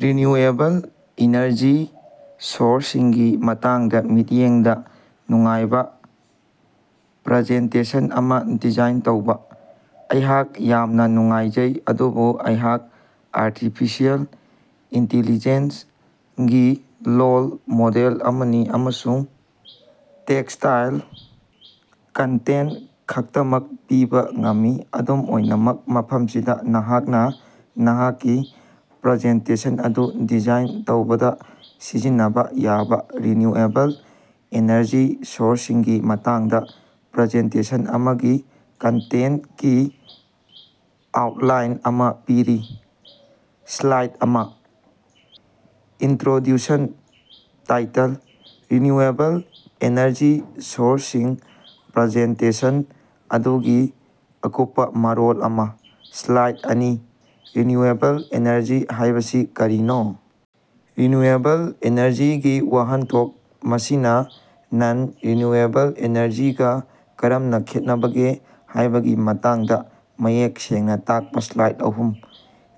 Renewable energy ꯁꯣꯔꯁꯁꯤꯡꯒꯤ ꯃꯇꯥꯡꯗ ꯃꯤꯠꯌꯦꯡꯗ ꯅꯨꯡꯉꯥꯏꯕ ꯄ꯭ꯔꯖꯦꯟꯇꯦꯁꯟ ꯑꯃ ꯗꯤꯖꯥꯏꯟ ꯇꯧꯕ꯫ ꯑꯩꯍꯥꯛ ꯌꯥꯝꯅ ꯅꯨꯡꯉꯥꯏꯖꯩ, ꯑꯗꯨꯕꯨ ꯑꯩꯍꯥꯛ ꯑꯥꯔꯇꯤꯐꯤꯁꯤꯑꯦꯜ ꯏꯟꯇꯤꯂꯤꯖꯦꯟꯁ ꯒꯤ ꯂꯣꯜ ꯃꯣꯗꯦꯜ ꯑꯃꯅꯤ ꯑꯃꯁꯨꯡ ꯇꯦꯛꯁꯇꯥꯏꯜ ꯀꯟꯇꯦꯟꯇ ꯈꯛꯇꯃꯛ ꯄꯤꯕ ꯉꯝꯃꯤ꯫ ꯑꯗꯨꯝ ꯑꯣꯏꯅꯃꯛ, ꯃꯐꯝꯁꯤꯗ ꯅꯍꯥꯛꯅ ꯅꯍꯥꯛꯀꯤ ꯄ꯭ꯔꯖꯦꯟꯇꯦꯁꯟ ꯑꯗꯨ ꯗꯤꯖꯥꯏꯟ ꯇꯧꯕꯗ ꯁꯤꯖꯤꯟꯅꯕ ꯌꯥꯕ ꯔꯤꯅ꯭ꯌꯨꯑꯦꯕꯜ ꯑꯦꯅꯔꯖꯤ ꯁꯣꯔꯁꯁꯤꯡꯒꯤ ꯃꯇꯥꯡꯗ ꯄ꯭ꯔꯖꯦꯟꯇꯦꯁꯟ ꯑꯃꯒꯤ ꯀꯟꯇꯦꯟꯇꯀꯤ ꯑꯥꯎꯇꯂꯥꯏꯟ ꯑꯃ ꯄꯤꯔꯤ: ꯁ꯭ꯂꯥꯏꯗ ꯑꯃ: ꯏꯅꯇ꯭ꯔꯣꯗ꯭ꯌꯨꯁꯟ ꯇꯥꯏꯇꯜ: ꯔꯤꯟꯌꯨꯑꯦꯕꯜ ꯑꯦꯅꯔꯖꯤ ꯁꯣꯔꯁꯁꯤꯡ ꯄ꯭ꯔꯖꯦꯟꯇꯦꯁꯟ ꯑꯗꯨꯒꯤ ꯑꯀꯨꯞꯄ ꯃꯔꯣꯜ ꯑꯃ꯫ ꯁ꯭ꯂꯥꯏꯗ ꯑꯅꯤ: ꯔꯤꯅ꯭ꯌꯨꯑꯦꯕꯜ ꯑꯦꯅꯔꯖꯤ ꯍꯥꯏꯕꯁꯤ ꯀꯔꯤꯅꯣ? ꯔꯤꯅ꯭ꯌꯨꯑꯦꯕꯜ ꯏꯅꯔꯖꯤꯒꯤ ꯋꯥꯍꯟꯊꯣꯛ ꯃꯁꯤꯅ ꯅꯟ-ꯔꯤꯟꯌꯨꯑꯦꯕꯜ ꯑꯦꯅꯔꯖꯤꯒ ꯀꯔꯝꯅ ꯈꯦꯠꯅꯕꯒꯦ ꯍꯥꯏꯕꯒꯤ ꯃꯇꯥꯡꯗ ꯃꯌꯦꯛ ꯁꯦꯡꯅ ꯇꯥꯛꯄ ꯁ꯭ꯂꯥꯏꯗ ꯑꯍꯨꯝ: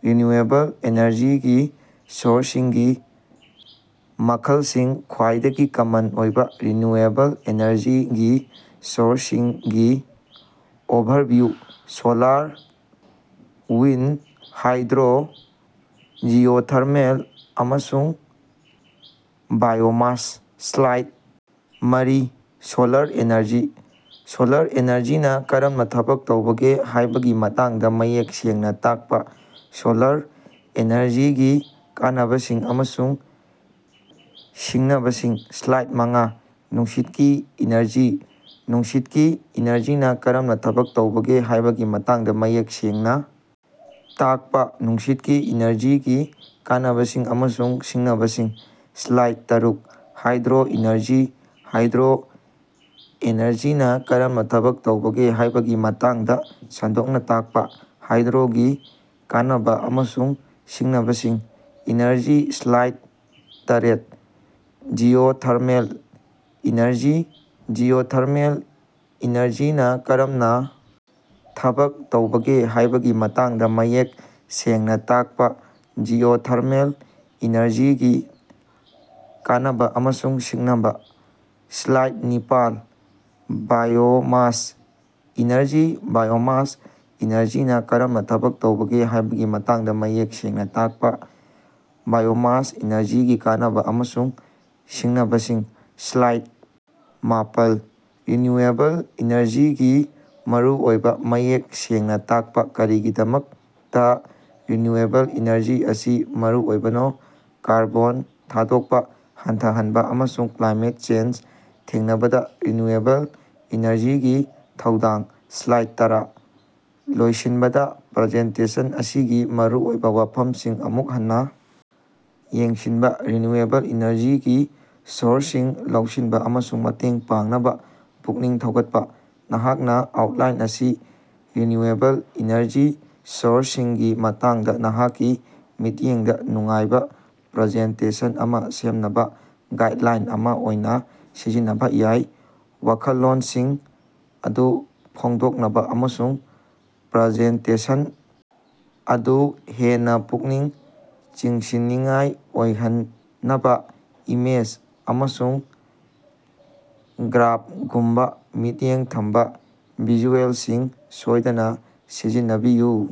ꯔꯤꯅ꯭ꯌꯨꯑꯦꯕꯜ ꯑꯦꯅꯔꯖꯤꯒꯤ ꯁꯣꯔꯁꯁꯤꯡꯒꯤ ꯃꯈꯜꯁꯤꯡ ꯈ꯭ꯋꯥꯏꯗꯒꯤ ꯀꯃꯟ ꯑꯣꯏꯕ ꯔꯤꯅ꯭ꯌꯨꯑꯦꯕꯜ ꯑꯦꯅꯔꯖꯤꯒꯤ ꯁꯣꯔꯁꯁꯤꯡꯒꯤ overview: solar, wind, hydro, geothermal, ꯑꯃꯁꯨꯡ ꯕꯥꯏꯑꯣꯃꯥꯁ꯫ ꯁ꯭ꯂꯥꯏꯗ ꯃꯔꯤ: ꯁꯣꯂꯥꯔ ꯑꯦꯅꯔꯖꯤ: ꯁꯣꯂꯥꯔ ꯑꯦꯅꯔꯖꯤꯅ ꯀꯔꯝꯅ ꯊꯕꯛ ꯇꯧꯕꯒꯦ ꯍꯥꯏꯕꯒꯤ ꯃꯇꯥꯡꯗ ꯃꯌꯦꯛ ꯁꯦꯡꯅ ꯇꯥꯛꯄ ꯁꯣꯂꯥꯔ ꯑꯦꯅꯔꯖꯤꯒꯤ ꯀꯥꯟꯅꯕꯁꯤꯡ ꯑꯃꯁꯨꯡ ꯁꯤꯡꯅꯕꯁꯤꯡ꯫ ꯁ꯭ꯂꯥꯏꯗ ꯃꯉꯥ: ꯅꯨꯡꯁꯤꯠꯀꯤ ꯏꯅꯔꯖꯤ ꯅꯨꯡꯁꯤꯠꯀꯤ ꯏꯅꯔꯖꯤꯅ ꯀꯔꯝꯅ ꯊꯕꯛ ꯇꯧꯕꯒꯦ ꯍꯥꯏꯕꯒꯤ ꯃꯇꯥꯡꯗ ꯃꯌꯦꯛ ꯁꯦꯡꯅ ꯇꯥꯛꯄ ꯅꯨꯡꯁꯤꯠꯀꯤ ꯏꯅꯔꯖꯤꯒꯤ ꯀꯥꯟꯅꯕꯁꯤꯡ ꯑꯃꯁꯨꯡ ꯁꯤꯡꯅꯕꯁꯤꯡ꯫ ꯁ꯭ꯂꯥꯏꯗ ꯇꯔꯨꯛ: ꯍꯥꯏꯗ꯭ꯔꯣ ꯏꯅꯔꯖꯤ ꯍꯥꯏꯗ꯭ꯔꯣ ꯑꯦꯅꯔꯖꯤꯅ ꯀꯔꯝꯅ ꯊꯕꯛ ꯇꯧꯕꯒꯦ ꯍꯥꯏꯕꯒꯤ ꯃꯇꯥꯡꯗ ꯁꯟꯗꯣꯛꯅ ꯇꯥꯛꯄ ꯍꯥꯏꯗ꯭ꯔꯣꯒꯤ ꯀꯥꯟꯅꯕ ꯑꯃꯁꯨꯡ ꯁꯤꯡꯅꯕꯁꯤꯡ꯫ ꯏꯅꯔꯖꯤ ꯁ꯭ꯂꯥꯏꯗ ꯇꯔꯦꯠ: ꯖꯤꯑꯣꯊꯔꯃꯦꯜ ꯏꯅꯔꯖꯤ ꯖꯤꯑꯣꯊꯔꯃꯦꯜ ꯏꯅꯔꯖꯤꯅ ꯀꯔꯝꯅ ꯊꯕꯛ ꯇꯧꯕꯒꯦ ꯍꯥꯏꯕꯒꯤ ꯃꯇꯥꯡꯗ ꯃꯌꯦꯛ ꯁꯦꯡꯅ ꯇꯥꯛꯄ ꯖꯤꯑꯣꯊꯔꯃꯦꯜ ꯏꯅꯔꯖꯤꯒꯤ ꯀꯥꯟꯅꯕꯥ ꯑꯃꯁꯨꯡ ꯁꯤꯡꯅꯕꯁꯤꯡ꯫ ꯁ꯭ꯂꯥꯏꯗ ꯅꯤꯄꯥꯜ: ꯕꯥꯏꯑꯣꯃꯥꯁ ꯏꯅꯔꯖꯤ ꯕꯥꯏꯑꯣꯃꯥꯁ ꯏꯅꯔꯖꯤꯅ ꯀꯔꯝꯅ ꯊꯕꯛ ꯇꯧꯕꯒꯦ ꯍꯥꯏꯕꯒꯤ ꯃꯇꯥꯡꯗ ꯃꯌꯦꯛ ꯁꯦꯡꯅ ꯇꯥꯛꯄ ꯕꯥꯏꯑꯣꯃꯥꯁ ꯏꯅꯔꯖꯤꯒꯤ ꯀꯥꯟꯅꯕ ꯑꯃꯁꯨꯡ ꯁꯤꯡꯅꯕꯁꯤꯡ ꯁ꯭ꯂꯥꯏꯗ ꯃꯥꯄꯜ: ꯔꯤꯟꯌꯨꯑꯦꯕꯜ ꯏꯅꯔꯖꯤꯒꯤ ꯃꯔꯨꯑꯣꯏꯕ ꯃꯌꯦꯛ ꯁꯦꯡꯅ ꯇꯥꯛꯄ꯫ ꯀꯔꯤꯒꯤꯗꯃꯛꯇꯥ ꯔꯤꯟꯌꯨꯑꯦꯕꯜ ꯏꯅꯔꯖꯤ ꯑꯁꯤ ꯃꯔꯨꯑꯣꯏꯕꯅꯣ ꯀꯥꯔꯕꯣꯟ ꯊꯥꯗꯣꯛꯄ ꯍꯟꯊꯍꯟꯕ ꯑꯃꯁꯨꯡ ꯀ꯭ꯂꯥꯏꯃꯦꯠ ꯆꯦꯟꯖ ꯊꯦꯡꯅꯕꯗ ꯔꯤꯟꯌꯨꯑꯦꯕꯜ ꯏꯅꯔꯖꯤꯒꯤ ꯊꯧꯗꯥꯡ ꯁ꯭ꯂꯥꯏꯗ ꯇꯔꯥ: ꯂꯣꯏꯁꯤꯟꯕꯗ ꯄ꯭ꯔꯖꯦꯟꯇꯦꯁꯟ ꯑꯁꯤꯒꯤ ꯃꯔꯨꯑꯣꯏꯕ ꯋꯥꯐꯝꯁꯤꯡ ꯑꯃꯨꯛ ꯍꯟꯅ ꯌꯦꯡꯁꯤꯟꯕ ꯔꯤꯅ꯭ꯌꯨꯑꯦꯕꯜ ꯏꯅꯔꯖꯤꯒꯤ ꯁꯣꯔꯁꯁꯤꯡ ꯂꯧꯁꯤꯟꯕ ꯑꯃꯁꯨꯡ ꯃꯇꯦꯡ ꯄꯥꯡꯅꯕ ꯄꯨꯛꯅꯤꯡ ꯊꯧꯒꯠꯄ꯫ ꯅꯍꯥꯛꯅ ꯑꯥꯎꯠꯂꯥꯏꯟ ꯑꯁꯤ ꯔꯤꯟꯌꯨꯑꯦꯕꯜ ꯏꯅꯔꯖꯤ ꯁꯣꯔꯁꯁꯤꯡꯒꯤ ꯃꯇꯥꯡꯗ ꯅꯍꯥꯛꯀꯤ ꯃꯤꯠꯌꯦꯡꯗ ꯅꯨꯡꯉꯥꯏꯕ ꯄ꯭ꯔꯖꯦꯟꯇꯦꯁꯟ ꯑꯃ ꯁꯦꯝꯅꯕ ꯒꯥꯏꯗꯂꯥꯏꯟ ꯑꯃ ꯑꯣꯏꯅ ꯁꯤꯖꯤꯟꯅꯕ ꯌꯥꯏ꯫ ꯋꯥꯈꯜꯂꯣꯟꯁꯤꯡ ꯑꯗꯨ ꯐꯣꯡꯗꯣꯛꯅꯕ ꯑꯃꯁꯨꯡ ꯄ꯭ꯔꯖꯦꯟꯇꯦꯁꯟ ꯑꯗꯨ ꯍꯦꯟꯅ ꯄꯨꯛꯅꯤꯡ ꯆꯤꯡꯁꯤꯟꯅꯤꯡꯉꯥꯏ ꯑꯣꯏꯍꯟꯅꯕ ꯏꯃꯦꯖ ꯑꯃꯁꯨꯡ ꯒ꯭ꯔꯥꯐꯒꯨꯝꯕ ꯃꯤꯠꯌꯦꯡ ꯊꯝꯕ ꯚꯤꯖꯨꯑꯦꯂꯁꯤꯡ ꯁꯣꯏꯗꯅ ꯁꯤꯖꯤꯟꯅꯕꯤꯌꯨ꯫